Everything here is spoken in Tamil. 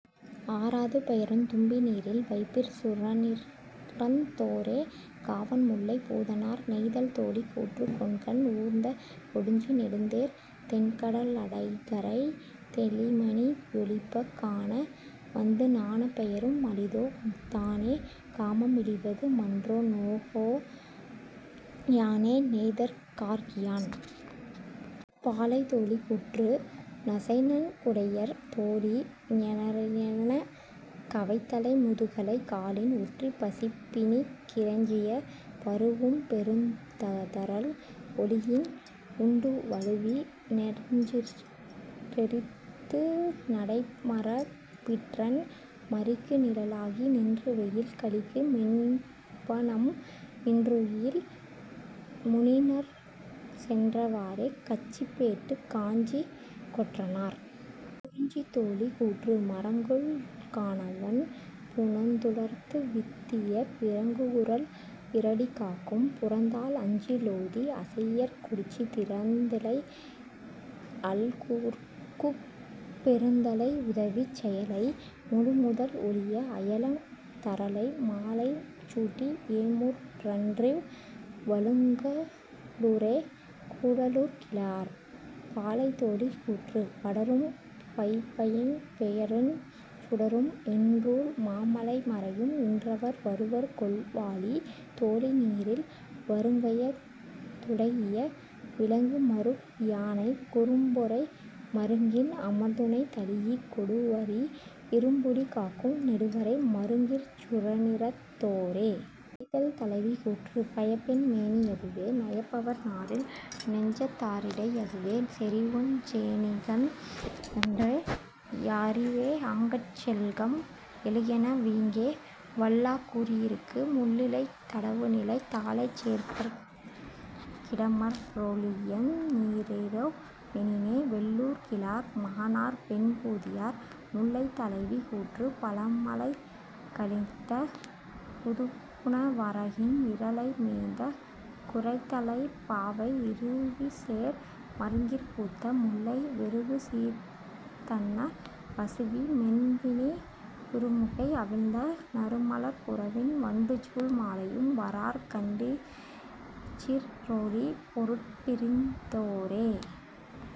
ஆராது பெயருந் தும்பி நீரில் வைப்பிற் சுரனிறந் தோரே. -காவன்முல்லைப் பூதனார்.. நெய்தல் தோழி கூற்று கொண்கன் ஊர்ந்த கொடுஞ்சி நெடுந்தேர் தெண்கட லடைகரைத் தௌிமணி யொலிப்பக் காண வந்து நாணப் பெயரும் அளிதோ தானே காமம் விளிவது மன்ற நோகோ யானே. -நெய்தற் கார்க்கியன்.. பாலை தோழி கூற்று நசைநன் குடையர் தோழி ஞெரேரெனக் கவைத்தலை முதுகலை காலின் ஒற்றிப் பசிப்பிணிக் கிறைஞ்சிய பரூஉம்பெருந் ததரல் ஒழியின் உண்டு வழுவி னெஞ்சிற் றெறித்துநடை மரபிற்றன் மறிக்குநிழ லாகி நின்றுவெயில் கழிக்கு மென்பநம் இன்றுயில் முனிநர் சென்ற வாறே. -கச்சிப்பேட்டுக் காஞ்சிக் கொற்றனார்.. குறிஞ்சி தோழி கூற்று மரங்கொல் கானவன் புனந்துளர்ந்து வித்திய பிறங்குகுரல் இறடி காக்கும் புறந்தாழ் அஞ்சி லோதி அசையியற் கொடிச்சி திருந்திழை அல்குற்குப் பெருந்தழை உதவிச் செயலை முழுமுதல் ஒழிய அயல தரலை மாலை சூட்டி ஏமுற் றன்றிவ் வழுங்க லூரே. -கூடலூர்கிழார்.. பாலை தோழி கூற்று படரும் பைப்பயப் பெயருஞ் சுடரும் என்றூழ் மாமலை மறையும் இன்றவர் வருவர்கொல் வாழி தோழி நீரில் வறுங்கயந் துழைஇய விலங்குமருப் பியானை குறும்பொறை மருங்கின் அமர்துணை தழீஇக் கொடுவரி இரும்புலி காக்கும் நெடுவரை மருங்கிற் சுரனிறந் தோரே. நெய்தல் தலைவி கூற்று பயப்பென் மேனி யதுவே நயப்பவர் நாரில் நெஞ்சத் தாரிடை யதுவே செறிவுஞ் சேணிகந் தன்றே யறிவே ஆங்கட் செல்கம் எழுகென வீங்கே வல்லா கூறியிருக்கு முள்ளிலைத் தடவுநிலைத் தாழைச் சேர்ப்பர்க் கிடமற் றோழியெந் நீரிரோ வெனினே. -வெள்ளூர்கிழார் மகனார் வெண்பூதியார்.. முல்லை தலைவி கூற்று பழமழைக் கலித்த புதுப்புன வரகின் இரலை மேய்ந்த குறைத்தலைப் பாவை இருவிசேர் மருங்கிற் பூத்த முல்லை வெருகுசிரித் தன்ன பசுவீ மென்பிணி குறுமுகை அவிழ்ந்த நறுமலர்ப் புறவின் வண்டுசூழ் மாலையும் வாரார் கண்டிசிற் றோழி பொருட்பிரிந் தோரே.